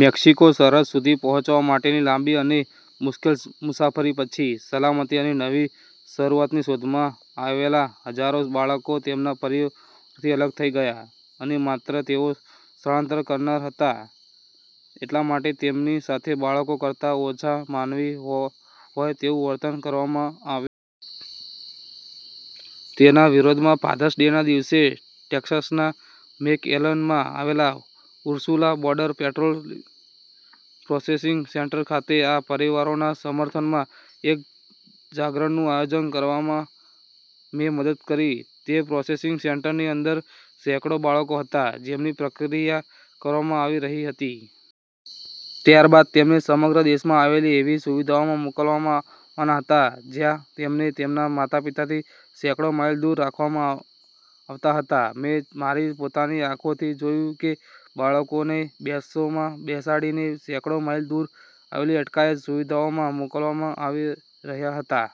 Mexico સરહદ સુધી પહોંચવા માટેની લાંબી અને મુશ્કેલ મુસાફરી પછી, સલામતી અને નવી શરૂઆતની શોધમાં આવેલા હજારો બાળકો તેમના પરિવારોથી અલગ થઈ ગયા. અને માત્ર તેઓ સ્થળાંતર કરનારા હતા એટલા માટે તેમની સાથે બાળકો કરતાં ઓછા માનવી હોય તેવું વર્તન કરવામાં આવ્યું. તેના વિરોધમાં, ફાધર્સ ડેના દિવસે ટેક્સાસના મેકએલેનમાં આવેલા Ursula border patrol processing centre ખાતે આ પરિવારોના સમર્થનમાં એક જાગરણનું આયોજન કરવામાં મેં મદદ કરી. તે પ્રોસેસિંગ સેન્ટરની અંદર સેંકડો બાળકો હતા, જેમની પ્રક્રિયા કરવામાં આવી રહી હતી. ત્યારબાદ તેમને સમગ્ર દેશમાં આવેલી એવી સુવિધાઓમાં મોકલવામાં આવવાના હતા, જ્યાં તેમને તેમના માતા-પિતાથી સેંકડો માઇલ દૂર રાખવામાં આવતા હતા. મેં મારી પોતાની આંખોથી જોયું કે બાળકોને બસોમાં બેસાડીને સેંકડો માઇલ દૂર આવેલી અટકાયત સુવિધાઓમાં મોકલવામાં આવી રહ્યા હતા.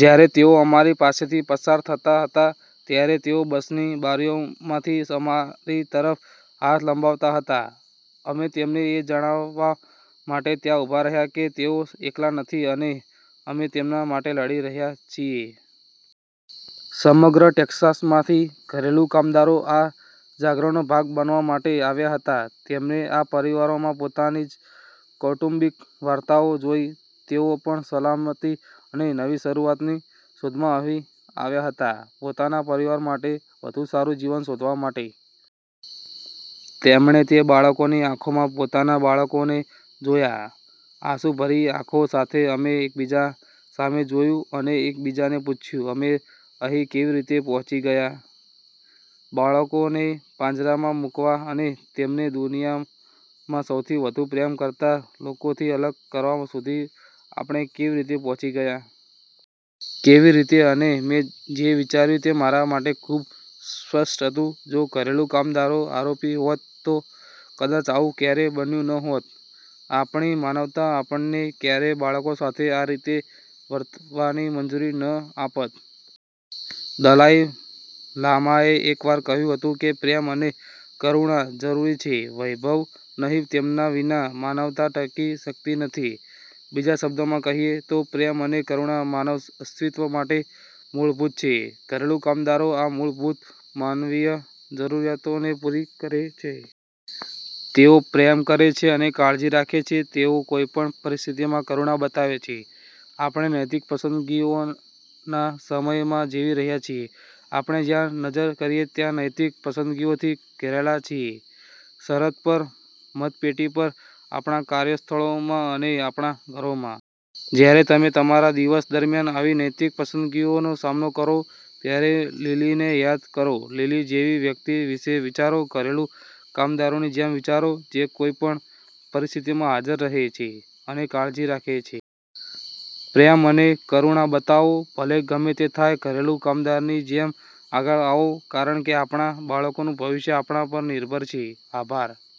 જ્યારે તેઓ અમારી પાસેથી પસાર થતા હતા, ત્યારે તેઓ બસની બારીઓમાંથી અમારી તરફ હાથ લંબાવતા હતા. અમે તેમને એ જણાવવા માટે ત્યાં ઊભા રહ્યા કે તેઓ એકલા નથી અને અમે તેમના માટે લડી રહ્યા છીએ. સમગ્ર ટેક્સાસમાંથી ઘરેલું કામદારો આ જાગરણનો ભાગ બનવા માટે આવ્યા હતા. તેમણે આ પરિવારોમાં પોતાની જ કૌટુંબિક વાર્તાઓ જોઈ. તેઓ પણ સલામતી અને નવી શરૂઆતની શોધમાં અહીં આવ્યા હતા, પોતાના પરિવારો માટે વધુ સારું જીવન શોધવા માટે. તેમણે તે બાળકોની આંખોમાં પોતાના બાળકોને જોયા. આંસુભરી આંખો સાથે અમે એકબીજા સામે જોયું અને એકબીજાને પૂછ્યું, “અમે અહીં કેવી રીતે પહોંચી ગયા? બાળકોને પાંજરામાં મૂકવા અને તેમને દુનિયામાં સૌથી વધુ પ્રેમ કરતા લોકોથી અલગ કરવા સુધી આપણે કેવી રીતે પહોંચી ગયા?” કેવી રીતે? અને મેં જે વિચાર્યું તે મારા માટે ખૂબ સ્પષ્ટ હતું: જો ઘરેલું કામદારો આરોપી હોત, તો કદાચ આવું ક્યારેય બન્યું ન હોત. આપણી માનવતા આપણને ક્યારેય બાળકો સાથે આ રીતે વર્તવાની મંજૂરી ન આપત. દલાઈ લામાએ એકવાર કહ્યું હતું કે પ્રેમ અને કરુણા જરૂરી છે, વૈભવ નહીં. તેમના વિના માનવતા ટકી શકતી નથી. બીજા શબ્દોમાં કહીએ તો, પ્રેમ અને કરુણા માનવ અસ્તિત્વ માટે મૂળભૂત છે. ઘરેલું કામદારો આ મૂળભૂત માનવીય જરૂરિયાતોને પૂરી કરે છે. તેઓ પ્રેમ કરે છે અને કાળજી રાખે છે. તેઓ કોઈપણ પરિસ્થિતિમાં કરુણા બતાવે છે. આપણે નૈતિક પસંદગીઓના સમયમાં જીવી રહ્યા છીએ. આપણે જ્યાં પણ નજર કરીએ ત્યાં નૈતિક પસંદગીઓથી ઘેરાયેલા છીએ—સરહદ પર, મતપેટી પર, આપણા કાર્યસ્થળોમાં અને આપણા ઘરોમાં. જ્યારે તમે તમારા દિવસ દરમિયાન આવી નૈતિક પસંદગીઓનો સામનો કરો, ત્યારે લિલીને યાદ કરો. લિલી જેવી વ્યક્તિ વિશે વિચારો. ઘરેલું કામદારની જેમ વિચારો, જે કોઈપણ પરિસ્થિતિમાં હાજર રહે છે અને કાળજી રાખે છે. પ્રેમ અને કરુણા બતાવો, ભલે ગમે તે થાય. ઘરેલું કામદારની જેમ આગળ આવો, કારણ કે આપણા બાળકોનું ભવિષ્ય આપણા પર નિર્ભર છે. આભાર.